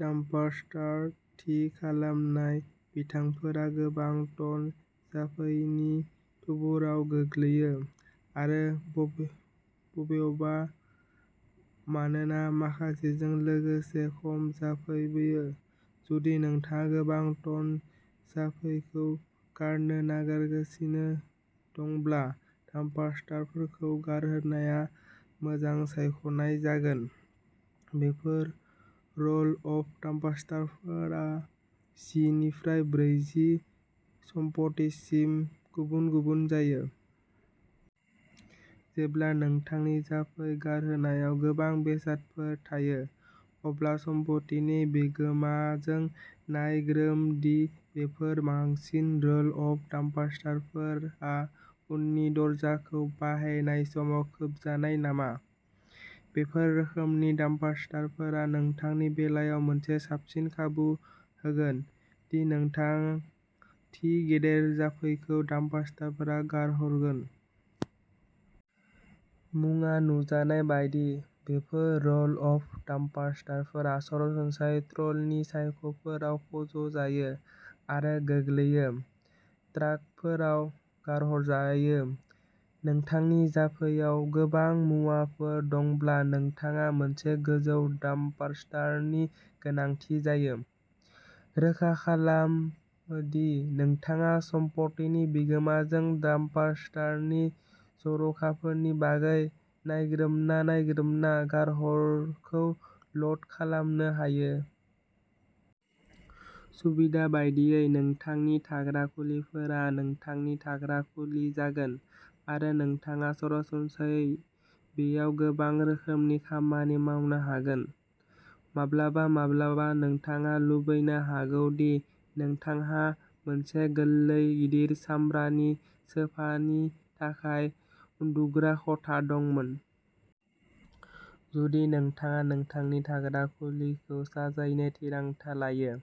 Dumpster, थि खालामनाय बिथांखिफोरा गोबां टन जामफैनि थुबुरआव गोग्लैयो आरो बबेयाव मानोना माखासेजों लोगोसे खम जामफैबो। जुदि नोंथाङा गोबां टन जामफैखौ गारनो नागिरगासिनो दंब्ला डाम्पस्टारफोरखौ गारहरनाया मोजां सायख'नाय जागोन। बेफोर रोल अफ डाम्पस्टारफोरा जि निफ्राय ब्रैजि सम्पथिफोरसिम गुबुन-गुबुन जायो। जेब्ला नोंथांनि जामफै गारहोनायाव गोबां बेसादफोर थायो, अब्ला सम्पथिनि बिगोमाजों नायग्रोम दि बेफोर बांसिन रोल अफ डाम्पस्टारफोरा उननि दरजाखौ बाहायनाय समाव खोबजानाय नामा। बेफोर रोखोमनि डाम्पस्टारफोरा नोंथांनि बेलायाव मोनसे साबसिन खाबु होगोन दि नोंथाङा थि गेदेर जामफैखौ डाम्पस्टारफोराव गारहरगोन। मुंआ नुजानाय बायदि, बेफोर रोल अफ डाम्पस्टारफोरा सरासनस्रायै ट्र'लि साखाफोराव फज' जायो आरो गोरलैयै ट्राकफोराव गारहरजायो। नोंथांनि जामफैआव गोबां मुवाफोर दंब्ला नोंथाङा मोनसे गोजौ डाम्पस्टारनि गोनांथि जायो। रोखा खालाम दि नोंथाङा सम्पथिनि बिगोमाजों डाम्पस्टारनि जखाफोरनि बागै नायग्रोमना नायग्रोमना गारहरखौ ल'ड खालामनो हायो। सुबिदा बायदियै। नोंथांनि थाग्रा खुलिफोरा नोंथांनि थाग्रा खुलि जागोन आरो नोंथाङा सरासनस्रायै बेयाव गोबां रोखोमनि खामानि मावनो हागोन। माब्लाबा माब्लाबा नोंथाङा लुबैनो हागौ दि नोंथांहा मोनसे गोरलै गिदिर सामब्रानि सोफानि थाखाय उन्दुग्रा खथा दंमोन। जुदि नोंथाङा नोंथांनि थाग्रा खुलिखौ साजायनो थिरांथा लायो,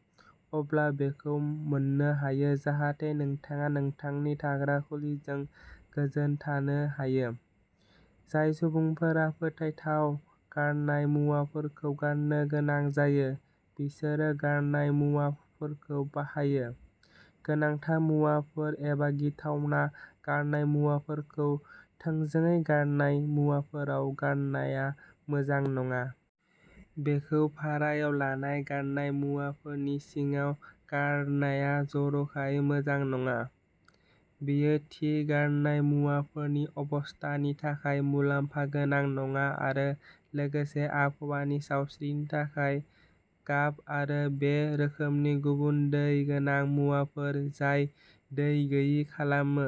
अब्ला बेखौ मोननो हायो जाहाथे नोंथाङा नोंथांनि थाग्रा खुलिजों गोजोन थानो हायो। जाय सुबुंफोरा फोथायजाथाव गारनाय मुवाफोरखौ गारनो गोनां जायो, बिसोरो गारनाय मुवाफोरखौ बाहायो। गोनांथार मुवाफोर एबा गिथावना गारनाय मुवाफोरखौ थोंजोङै गारनाय मुवाफोराव गारनाया मोजां नङा। बेखौ भारायाव लानाय गारनाय मुवाफोरनि सिङाव गारनाया जर'खायै मोजां नङा। बेयो थि गारनाय मुवाफोरनि अबस्थानि थाखाय मुलाम्फा गोनां नङा आरो लोगोसे, आबहावानि सावस्रिनि थाखाय। गाब आरो बे रोखोमनि गुबुन दै गोनां मुवाफोर जाय दै गैयै खालामो,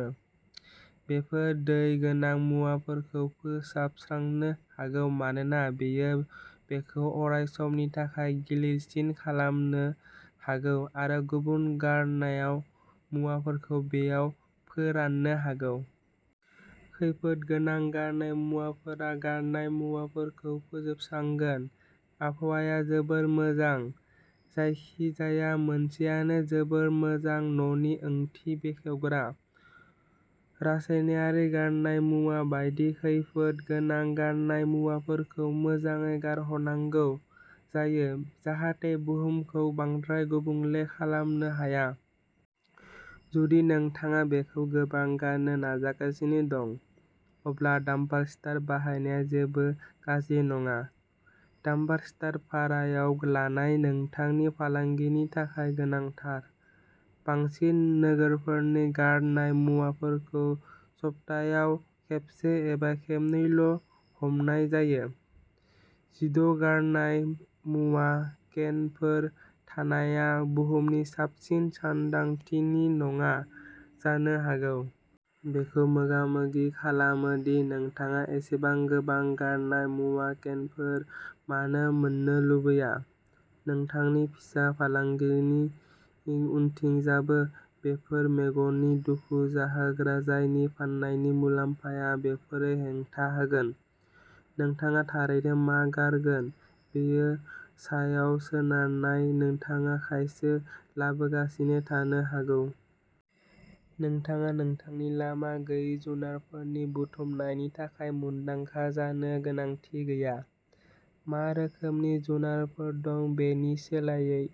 बेफोर दै गोनां मुवाफोरखौ फोसाबस्रांनो हागौ मानोना बेयो बेखौ अरायसमनि थाखाय गिलिरसिन खालामनो हागौ आरो गुबुन गारनाय मुवाफोरखौ बेयाव फोराननो हागौ। खैफोद गोनां गारनाय मुवाफोरा गारनाय मुवाफोरखौ फोजोबस्रांगोन। आबहावाया जोबोद मोजां। जायखिजाया मोनसेआनो जोबोद मोजां न'नि ओंथि बेखेवग्रा। रासायनारि गारनाय मुवा बायदि खैफोद गोनां गारनाय मुवाफोरखौ मोजाङै गारहरनांगौ जायो, जाहाथे बुहुमखौ बांद्राय गुबुंले खालामनो हाया। जुदि नोंथाङा बेखौ गोबां गारनो नाजागासिनो दं, अब्ला डाम्पस्टार बाहायनाया जेबो गाज्रि नङा। डाम्पस्टार भारायाव लानाया नोंथांनि फालांगिनि थाखाय गोनांथार। बांसिन नोगोरफोरनि गारनाय मुवाफोरखौ सप्तायाव खेबसे एबा खेबनैल'हमनाय जायो। जिद' गारनाय मुवा केनफोर थानाया बुहुमनि साबसिन सानदांथि नङा जानो हागौ। बेखौ मोगामोगि खालाम दि नोंथाङा एसेबां गोबां गारनाय मुवा केनफोर मानो मोन्नो लुबैया, नोंथांनि फिसा फालांगिनि उनथिंजायबो। बेफोरो मेगननि दुखु जाहोग्रा जायनि फाननायनि मुलाम्फाया। बेफोरो हेंथा होगोन। नोंथाङा थारैनो मा गारगोन बेयो सायाव सोनारना नोंथाङा खायसो लाबोगासिनो थानो हागौ। नोंथाङा नोंथांनि लामा गैयै जुनारफोरनि बुथुमनायनि थाखाय मुंदांखा जानो गोनांथि गैया, मा रोखोमनि जुनारफोर दं बेनि सोलायै।